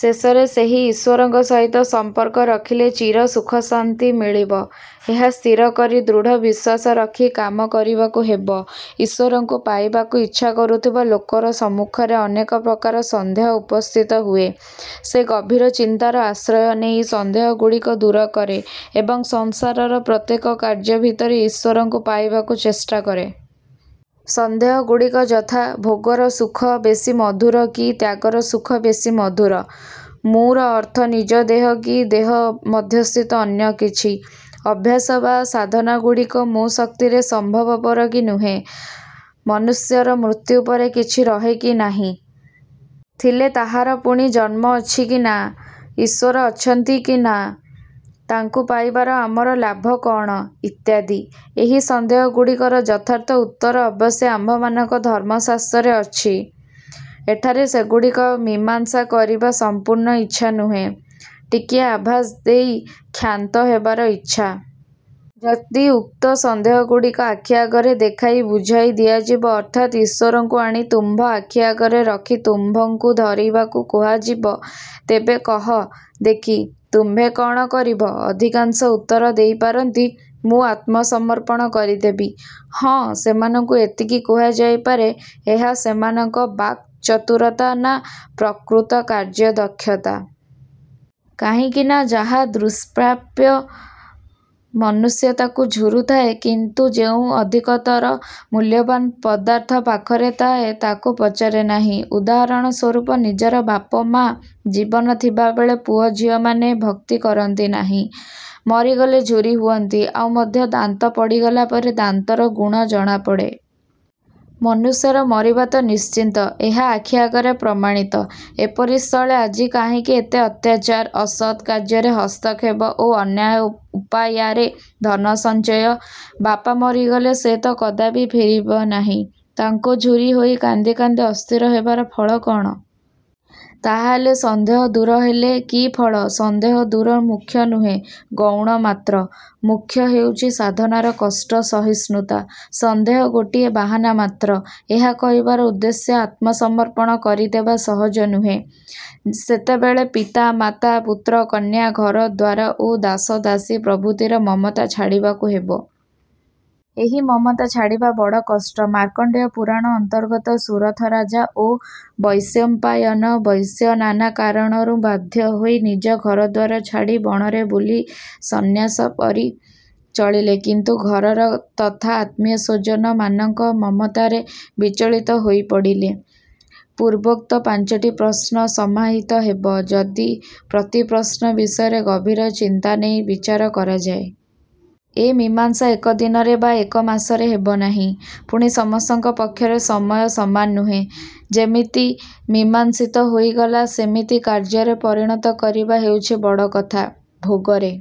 ଶେଷରେ ସେହି ଈଶ୍ଵରଙ୍କ ସହିତ ସମ୍ପର୍କ ରଖିଲେ ଚିର ସୁଖଶାନ୍ତି ମିଳିବ, ଏହା ସ୍ଥିର କରି ଦୃଢ଼ ବିଶ୍ଵାସ ରଖି କାମ କରିବାକୁ ହେବ। ଈଶ୍ଵରଙ୍କୁ ପାଇବାକୁ ଇଚ୍ଛା କରୁଥିବା ଲୋକର ସମ୍ମୁଖରେ ଅନେକ ପ୍ରକାର ସନ୍ଦେହ ଉପସ୍ଥିତ ହୁଏ। ସେ ଗଭୀର ଚିନ୍ତାର ଆଶ୍ରୟ ନେଇ ସନ୍ଦେହଗୁଡ଼ିକ ଦୂର କରେ ଏବଂ ସଂସାରର ପ୍ରତ୍ୟେକ କାର୍ଯ୍ୟ ଭିତରେ ଈଶ୍ଵରଙ୍କୁ ପାଇବାକୁ ଚେଷ୍ଟା କରେ। ସନ୍ଦେହଗୁଡ଼ିକ ଯଥା- ଭୋଗର ସୁଖ ବେଶୀ ମଧୁର କି ତ୍ୟାଗର ସୁଖ ବେଶୀ ମଧୁର? "ମୁଁ"ର ଅର୍ଥ ନିଜ ଦେହ କି ଦେହ ମଧ୍ୟସ୍ଥିତ ଅନ୍ୟ କିଛି? ଅଭ୍ୟାସ ବା ସାଧନାଗୁଡ଼ିକ ମୋ ଶକ୍ତିରେ ସମ୍ଭବପର କି ନୁହେଁ-? ମନୁଷ୍ୟର ମୃତ୍ୟୁ ପରେ କିଛି ରହେ କି ନାହିଁ? ଥିଲେ ତାହାର ପୁଣି ଜନ୍ମ ଅଛି କି ନାଁ-? ଈଶ୍ଵର ଅଛନ୍ତି କି ନାଁ? ତାଙ୍କୁ ପାଇବାର ଆମର ଲାଭ କଅଣ? ଇତ୍ୟାଦି। ଏହି ସନ୍ଦେହଗୁଡ଼ିକର ଯଥାର୍ଥ ଉତ୍ତର ଅବଶ୍ୟ ଆମ୍ଭମାନଙ୍କ ଧର୍ମଶାସ୍ତ୍ରରେ ଅଛି। ଏଠାରେ ସେଗୁଡ଼ିକ ମୀମାଂସା କରିବା ସମ୍ପୂର୍ଣ୍ଣ ଇଚ୍ଛା ନୁହେଁ, ଟିକିଏ ଆଭାସ ଦେଇ କ୍ଷାନ୍ତ ହେବାର ଇଚ୍ଛା। ଯଦି, ଉକ୍ତ ସନ୍ଦେହଗୁଡ଼ିକ ଆଖି ଆଗରେ ଦେଖାଇ ବୁଝାଇ ଦିଆଯିବ ଅର୍ଥାତ୍ ଈଶ୍ଵରଙ୍କୁ ଆଣି ତୁମ୍ଭ ଆଖି ଆଗରେ ରଖି ତୁମ୍ଭଙ୍କୁ ଧରିବାକୁ କୁହାଯିବ, ତେବେ କହ ଦେଖି ତୁମ୍ଭେ କ'ଣ କରିବ? ଅଧିକାଂଶ ଉତ୍ତର ଦେଇ ପାରନ୍ତି, "ମୁଁ ଆତ୍ମସମର୍ପଣ କରିଦେବି। " ହଁ, ସେମାନଙ୍କୁ ଏତିକି କୁହାଯାଇ ପାରେ; ଏହା ସେମାନଙ୍କ ବାକ୍ ଚତୁରତା ନାଁ ପ୍ରକୃତ କାର୍ଯ୍ୟଦକ୍ଷତା। କାହିଁକି ନାଁ, ଯାହା ଦୁଷ୍ପ୍ରାପ୍ୟ ମନୁଷ୍ୟ ତାକୁ ଝୁରୁଥାଏ କିନ୍ତୁ ଯେଉଁ ଅଧିକତର ମୂଲ୍ୟବାନ୍ ପଦାର୍ଥ ପାଖରେ ଥାଏ ତାକୁ ପଚାରେ ନାହିଁ। ଉଦାହରଣ ସ୍ୱରୂପ ନିଜର ବାପମା ଜୀବନ ଥିବାବେଳେ ପୁଅଝିଅମାନେ ଭକ୍ତି କରନ୍ତି ନାହିଁ, ମରିଗଲେ ଝୁରି ହୁଅନ୍ତି। ଆଉ ମଧ୍ୟ ଦାନ୍ତ ପଡ଼ିଗଲା ପରେ ଦାନ୍ତର ଗୁଣ ଜଣାପଡ଼େ। ମନୁଷ୍ୟର ମରିବା ତ ନିଶ୍ଚିତ, ଏହା ଆଖି ଆଗରେ ପ୍ରମାଣିତ। ଏପରି ସ୍ଥଳେ ଆଜି କାହିଁକି ଏତେ ଅତ୍ୟାଚାର, ଅସତ୍ କାର୍ଯ୍ୟରେ ହସ୍ତକ୍ଷେପ ଓ ଅନ୍ୟାୟ ଉପୟାରେ ଧନସଞ୍ଚୟ? ବାପା ମରିଗଲେ ସେ ତ କଦାପି ଫେରିବେ ନାହିଁ; ତାଙ୍କୁ ଝୁରି ହୋଇ କାନ୍ଦି କାନ୍ଦି ଅସ୍ଥିର ହେବାର ଫଳ କଅଣ? ତାହାହେଲେ ସନ୍ଦେହ ଦୂର ହେଲେ କି ଫଳ? ସନ୍ଦେହ ଦୂର ମୁଖ୍ୟ ନୁହେଁ, ଗୌଣ ମାତ୍ର। ମୁଖ୍ୟ ହେଉଛି ସାଧନାର କଷ୍ଟ ସହିଷ୍ଣୁତା। ସନ୍ଦେହ ଗୋଟିଏ ବାହାନା ମାତ୍ର। ଏହା କହିବାର ଉଦ୍ଦେଶ୍ୟ ଆତ୍ମସମର୍ପଣ କରିଦେବା ସହଜ ନୁହେଁ। ସେତେବେଳେ ପିତା ମାତା, ପୁତ୍ର କନ୍ୟା, ଘରଦ୍ଵାର ଓ ଦାସଦାସୀ ପ୍ରଭୃତିର ମମତା ଛାଡ଼ିବାକୁ ହେବ। ଏହି ମମତା ଛାଡ଼ିବା ବଡ଼ କଷ୍ଟ। ମାର୍କଣ୍ଡେୟ ପୁରାଣ ଅନ୍ତର୍ଗତ ସୁରଥ ରାଜା ଓ ବୈଶମ୍ପାୟନ ବୈଶ୍ୟ ନାନା କାରଣରୁ ବାଧ୍ୟ ହୋଇ ନିଜ ଘରଦ୍ଵାର ଛାଡ଼ି ବଣରେ ବୁଲି ସନ୍ନ୍ୟାସପରି ଚଳିଲେ, କିନ୍ତୁ ଘରର ତଥା ଆତ୍ମୀୟସ୍ଵଜନମାନଙ୍କ ମମତାରେ ବିଚଳିତ ହୋଇ ପଡ଼ିଲେ। ପୂର୍ବୋକ୍ତ ପାଞ୍ଚଟି ପ୍ରଶ୍ନ ସମାହିତ ହେବ, ଯଦି ପ୍ରତି ପ୍ରଶ୍ନ ବିଷୟରେ ଗଭୀର ଚିନ୍ତା ନେଇ ବିଚାର କରାଯାଏ। ଏ ମୀମାଂସା ଏକ ଦିନରେ ବା ଏକ ମାସରେ ହେବ ନାହିଁ। ପୁଣି ସମସ୍ତଙ୍କ ପକ୍ଷରେ ସମୟ ସମାନ ନୁହେଁ। ଯେତିକି, ମୀମାଂସିତ ହୋଇଗଲା ସେତିକି କାର୍ଯ୍ୟରେ ପରିଣତ କରିବା ହେଉଛି ବଡ଼ କଥା। ଭୋଗରେ